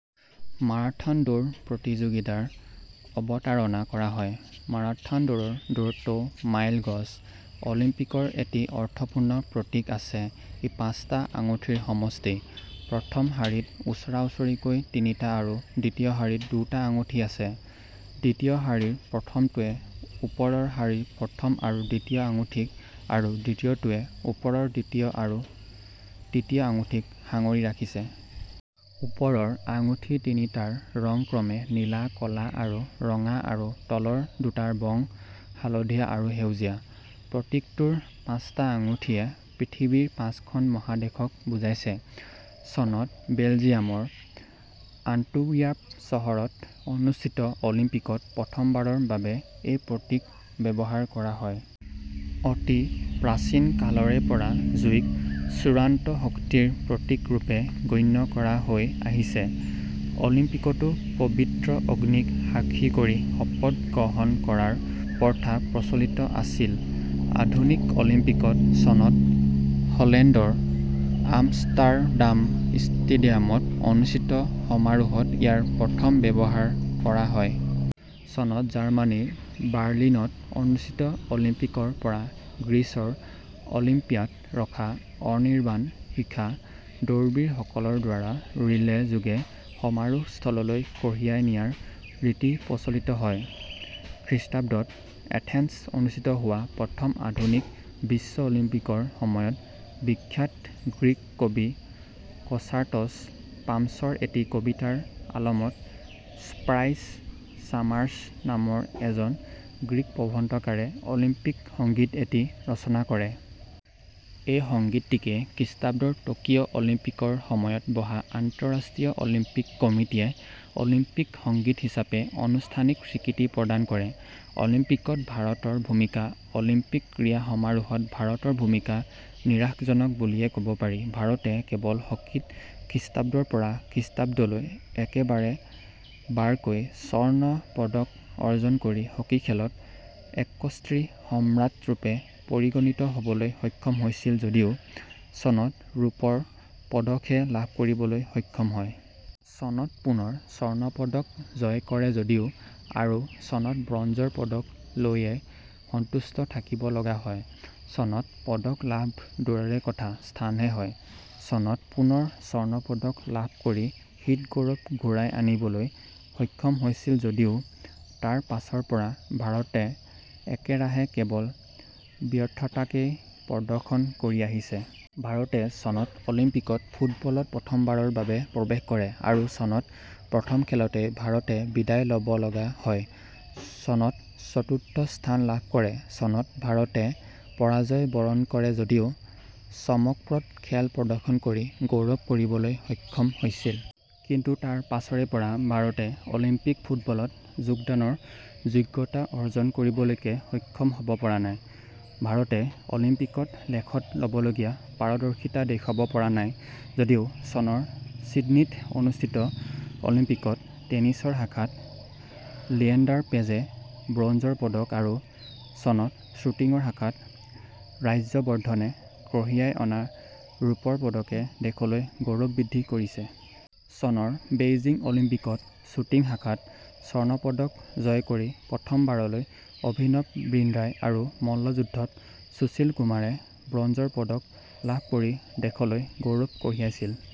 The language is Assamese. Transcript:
মাৰাথন দৌৰ প্ৰতিযোগিতাৰ অৱতাৰণা কৰা হয়। মাৰাথান দৌৰৰ দূৰত্বও মাইল গজ। অলিম্পিকৰ এটি অৰ্থপূৰ্ণ প্ৰতীক আছে। ই পাঁচটা আঙঠিৰ সমষ্টি। প্ৰথম শাৰীত ওচৰা উচৰিকৈ তিনিটা আৰু দ্বিতীয় শাৰীত দুটা আঙঠি আছে। দ্বিতীয় শাৰীৰ প্ৰথমটোৱে ওপৰৰ শাৰীৰ প্ৰথম আৰু দ্বিতীয় আঙুঠিক আৰু দ্বিতীয়টোৱে ওপৰৰ দ্বিতীয় আৰু তৃতীয় আঙুঠিক সাঙৰি ৰাখিছে। ওপৰৰ আঙুঠি তিনিটাৰ ৰং ক্ৰমে নীলা, ক'লা আৰু ৰঙা আৰু তলৰ দুটাৰ বং হালধীয়া আৰু সেউজীয়া ৷ প্ৰতীকটোৰ পাঁচটা আঙঠিয়ে পৃথিৱীৰ পাঁচখন মহাদেশক বুজাইছে। চনত বেল্জিয়ামৰ আণ্টোয়াৰ্প চহৰত অনুষ্ঠিত অলিম্পিকত প্ৰথমবাৰৰ বাবে এই প্ৰতীক ব্যৱহাৰ কৰা হয়। অতি প্ৰাচীনকালৰে পৰা জুইক চূড়ান্ত শক্তিৰ প্ৰতীক ৰূপে গণ্য কৰা হৈ আহিছে। অলিম্পিকতো পৱিত্ৰ অগ্নিক সাক্ষী কৰি শপত গ্ৰহণ কৰাৰ প্ৰথা প্ৰচলিত আছিল। আধুনিক অলিম্পিকত চনত হলেণ্ডৰ আমষ্টাৰডাম ষ্টেডিয়ামত অনুষ্ঠিত সমাৰোহত ইয়াৰ প্ৰথম ব্যৱহাৰ কৰা হয়। চনত জাৰ্মানীৰ বাৰ্লিনত অনুষ্ঠিত অলিম্পিকৰ পৰা গ্ৰীচৰ অলিম্পিয়াত ৰখা অনিৰ্বাণ শিখা দৌৰবীৰসকলৰ দ্বাৰা ৰীলে যোগে সমাৰোহ স্থললৈ কঢ়িয়াই নিয়াৰ ৰীতি প্ৰচলিত হয়। খৃষ্টাব্দত এথেন্সত অনুষ্ঠিত হোৱা প্ৰথম আধুনিক বিশ্ব অলিম্পিকৰ সময়ত বিখ্যাত গ্ৰীক কবি কছাৰ্টছ পামছৰ এটি কবিতাৰ আলমত স্পাইৰ'ছ ছামাৰ'ছ নামৰ এজন গ্ৰীক প্ৰবন্ধকাৰে অলিম্পিক সংগীত এটি ৰচনা কৰে। এই সংগীতটিকে খৃষ্টাব্দৰ টকিঅ' অলিম্পিকৰ সময়ত বহা আন্তঃৰাষ্ট্ৰীয় অলিম্পিক কমিটিয়ে অলিম্পিক সংগীত হিচাপে অনুষ্ঠানিক স্বীকৃতি প্ৰদান কৰে। অলিম্পিকত ভাৰতৰ ভূমিকা অলিম্পিক ক্ৰীড়া সমাৰোহত ভাৰতৰ ভূমিকা নিৰাশজনক বুলিয়েই ক'ব পাৰি। ভাৰতে কেৱল হকীত খৃষ্টাব্দৰ পৰা খৃষ্টাব্দলৈ একেবাৰে বাৰকৈ স্বৰ্ণ পদক অৰ্জন কৰি হকী খেলত একচ্ছত্ৰী সম্ৰাটৰূপে পৰিগণিত হ'বলৈ সক্ষম হৈছিল যদিও চনত ৰূপৰ পদকহে লাভ কৰিবলৈ সক্ষম হয়। চনত পুনৰ স্বৰ্ণপদক জয় কৰে যদিও আৰু চনত ব্ৰঞ্জৰ পদক লৈয়েই সন্তুষ্ট থাকিব লগা হয়। চনত পদক লাভ দূৰৰ কথা স্থানহে হয়। চনত পুনৰ স্বৰ্ণপদক লাভ কৰি হৃত গৌৰৱ ঘূৰাই আনিবলৈ সক্ষম হৈছিল যদিও তাৰ পাছৰ পৰা ভাৰতে একেৰাহে কেৱল ব্যৰ্থতাকেই প্ৰদৰ্শন কৰি আহিছে। ভাৰতে চনত অলিম্পিক ফুটবলত প্ৰথমবাৰৰ বাবে প্ৰৱেশ কৰে। আৰু চনত প্ৰথম খেলতেই ভাৰতে বিদায় ল'ব লগা হয়। চনত চতুৰ্থস্থান লাভ কৰে। চনত ভাৰতে পৰাজয় বৰণ কৰে যদিও চমকপ্ৰদ খেল প্ৰদৰ্শন কৰি, গৌৰৱ কৰিবলৈ সক্ষম হৈছিল। কিন্তু তাৰ পাছৰে পৰা ভাৰতে অলিম্পিক ফুটবলত যোগদানৰ যোগ্যতা অৰ্জন কৰিবলৈকে সক্ষম হ'ব পৰা নাই। ভাৰতে অলিম্পিকত লেখত লবগীয়া পাৰদৰ্শিতা দেখুৱাব পৰা নাই যদিও চনৰ চিডনিত অনুষ্ঠিত অলিম্পিকত টেনিচৰ শাখাত লিয়েণ্ডাৰ পেজে। ব্ৰোঞ্জৰ পদক আৰু চনত শ্বুটিঙৰ শাখাত ৰাজ্যবৰ্ধনে কঢ়িয়াই অনা ৰূপৰ পদকে দেশলৈ গৌৰৱ বৃদ্ধি কৰিছে। চনৰ বেইজিং অলিম্পিকত ছুটিং শাখাত স্বৰ্ণপদক জয় কৰি প্ৰথম বাৰলৈ অভিনৱ বিন্দ্ৰাই আৰু মল্লযুদ্ধত সুশীল কুমাৰে ব্ৰঞ্জৰ পদক লাভ কৰি দেশলৈ গৌৰৱ কঢ়িয়াইছিল।